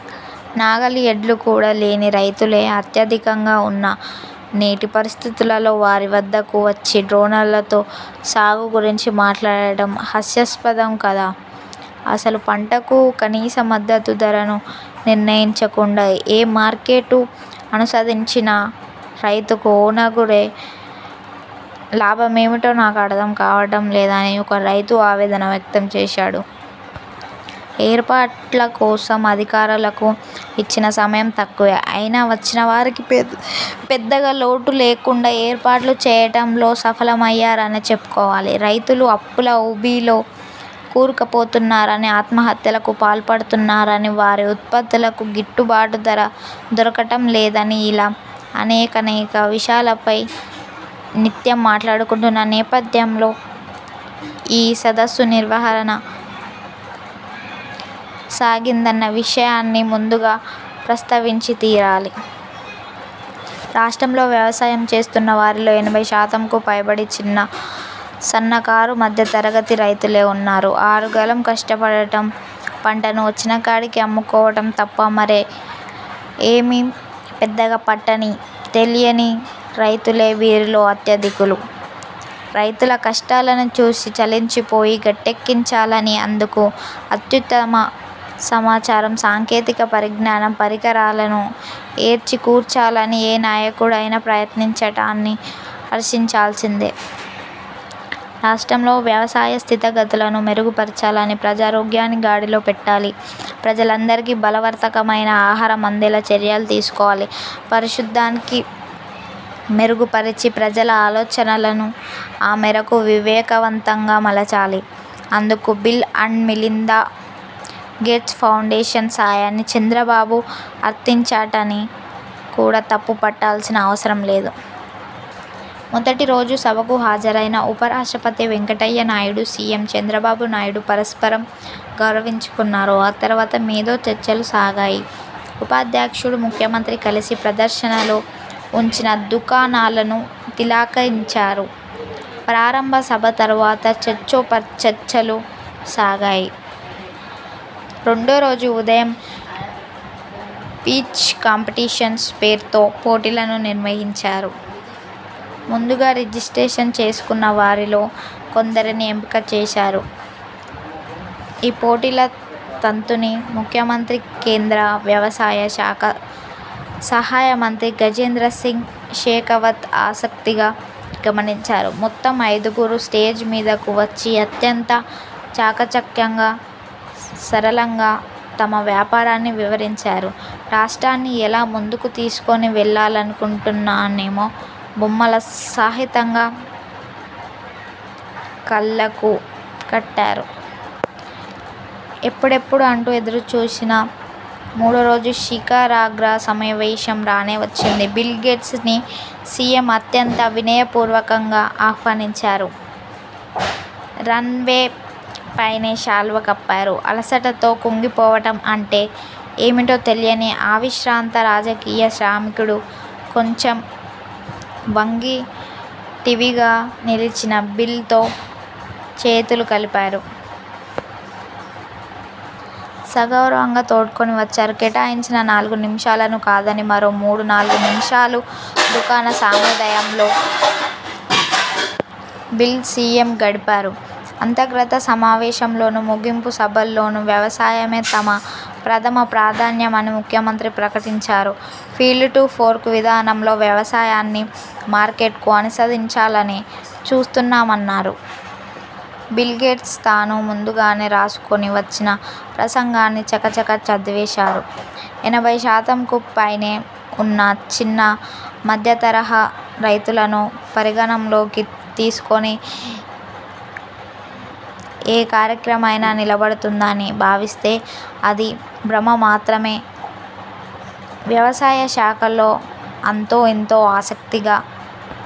నాగలి, ఎడ్లు కూడా లేని రైతులే అత్యధికంగా వున్న నేటి పరిస్థితులలో వారి వద్దకు వచ్చి డ్రోన్లతో సాగు గురించి మాట్లాడటం హాస్యాస్పదం కాదా? అసలు పంటకు కనీస మద్దతు ధరను నిర్ణయించకుండా ఏ మార్కెట్కు అనుసంధానించినా రైతుకు ఒనగూరే లాభమేమిటో నాకు అర్థం కావటం లేదని ఒక రైతు ఆవేదన వ్యక్తం చేశాడు. ఏర్పాట్ల కోసం అధికారులకు ఇచ్చిన సమయం తక్కువే అయినా వచ్చిన వారికి పెద్దగా లోటు లేకుండా ఏర్పాట్లు చేయటంలో సఫలమయ్యారనే చెప్పుకోవాలి. రైతులు అప్పుల ఊబిలో కూరుకుపోతున్నారని, ఆత్మహత్యలకు పాల్పడుతున్నారని, వారి ఉత్పత్తులకు గిట్టుబాటు ధర దొరకటం లేదనిఇలా అనేకానేక విషయాలపై నిత్యం మాట్లాడుకుంటున్న నేపథ్యంలో ఈ సదస్సు నిర్వహణ సాగిందన్న విషయాన్ని ముందుగా ప్రస్తావించి తీరాలి. రాష్ట్రంలో వ్యవసాయం చేస్తున్న వారిలో ఎనభై శాతంకు పైబడి చిన్న, సన్నకారు, మధ్యతరగతి రైతులే వున్నారు. ఆరుగాలం కష్టపడటం, పంటను వచ్చినకాడికి అమ్ముకోవటం తప్ప మరేమీ పెద్దగా పట్టని, తెలియని రైతులే వీరిలో అత్యధికులు. రైతుల కష్టాలను చూసి చలించిపోయి, గట్టెక్కించాలనీ, అందుకు అత్యుత్తమ సమాచారం, సాంకేతిక పరిజ్ఞానం, పరికరాలను ఏర్చికూర్చాలనీ ఏ నాయకుడైనా ప్రయత్నించటాన్ని హర్షించాల్సిందే. రాష్ట్రంలో వ్యవసాయ స్థితిగతులను మెరుగుపరచాలి. ప్రజారోగ్యాన్ని గాడిలో పెట్టాలి. ప్రజలందరికీ బలవర్థకమైన ఆహారం అందేలా చర్యలు తీసుకోవాలి. పారిశుద్ధ్యాన్ని మెరుగుపరిచి, ప్రజల ఆలోచనలను ఆ మేరకు వివేకవంతంగా మలచాలి. అందుకు Bill and Melinda Gates Foundation సాయాన్ని చంద్రబాబు అర్థించటాన్ని కూడా తప్పు పట్టాల్సిన అవసరమే లేదు. మొదటి రోజు సభకు హాజరైన ఉప రాష్ట్రపతి వెంకయ్యనాయుడు, సీఎం చంద్రబాబు నాయుడు పరస్పరం గౌరవించుకున్నారు. ఆ తరువాత మేధో చర్చలు సాగాయి. ఉపాధ్యక్షుడు, ముఖ్యమంత్రి కలసి ప్రదర్శనలో ఉంచిన దుకాణాలను తిలకించారు. ప్రారంభ సభ తరువాత చర్చోపచర్చలు సాగాయి. రెండో రోజు ఉదయం పిచ్ కాంపిటీషన్స్ పేరుతో పోటీలను నిర్వహించారు. ముందుగా రిజిస్ట్రేషన్ చేసుకున్న వారిలో కొందరిని ఎంపిక చేశారు. ఈ పోటీల తంతుని ముఖ్యమంత్రి, కేంద్ర వ్యవసాయ శాఖ సహాయ మంత్రి గజేంద్ర సింగ్ షెకావత్ ఆసక్తిగా గమనించారు. మొత్తం ఐదుగురు స్టేజ్ మీదకు వచ్చి అత్యంత చాకచక్యంగా, సరళంగా తమ వ్యాపారాన్ని వివరించారు. రాష్ట్రాన్ని ఎలా ముందుకు తీసుకుని వెళ్ళాలనుకుంటున్నామో బొమ్మల సహితంగా కళ్ళకు కట్టారు. ఎప్పుడెప్పుడా అంటూ ఎదురు చూసిన మూడోరోజు శిఖరాగ్ర సమావేశం రానే వచ్చింది. బిల్ గేట్స్ ని సీఎం అత్యంత వినయపూర్వకంగా ఆహ్వానించారు. రన్ వే పైనే శాలువా కప్పారు. అలసటతో కుంగిపోవటం అంటే ఏమిటో తెలియని అవిశ్రాంత రాజకీయ శ్రామికుడు కొంచెం వంగి, ఠీవిగా నిలిచిన బిల్ తో చేతులుకలిపారు. సగౌరవంగా తోడ్కొని వచ్చారు. కేటాయించిన నాలుగు నిమిషాలను కాదని మరో మూడు నాలుగు నిమిషాలు దుకాణ సముదాయంలో బిల్, సీఎం గడిపారు. అంతర్గత సమావేశంలోనూ, ముగింపు సభలోనూ వ్యవసాయమే తన ప్రథమ ప్రాధాన్యమని ముఖ్యమంత్రి ప్రకటించారు. ఫీల్డ్ టు ఫోర్క్ విధానంలో వ్యవసాయాన్ని మార్కెట్ కు అనుసంధానించాలని చూస్తున్నామన్నారు. బిల్ గేట్స్ తాను ముందుగానే రాసుకుని వచ్చిన ప్రసంగాన్ని చకచకా చదివేశారు. ఎనభై శాతంకు పైనే వున్న చిన్న, మధ్య తరహా రైతులను పరిగణనలోకి తీసుకోని ఏ కార్యక్రమమైనా నిలబడుతుందని భావిస్తే అది భ్రమమాత్రమే. వ్యవసాయ శాఖలో అంతో ఇంతో ఆసక్తిగా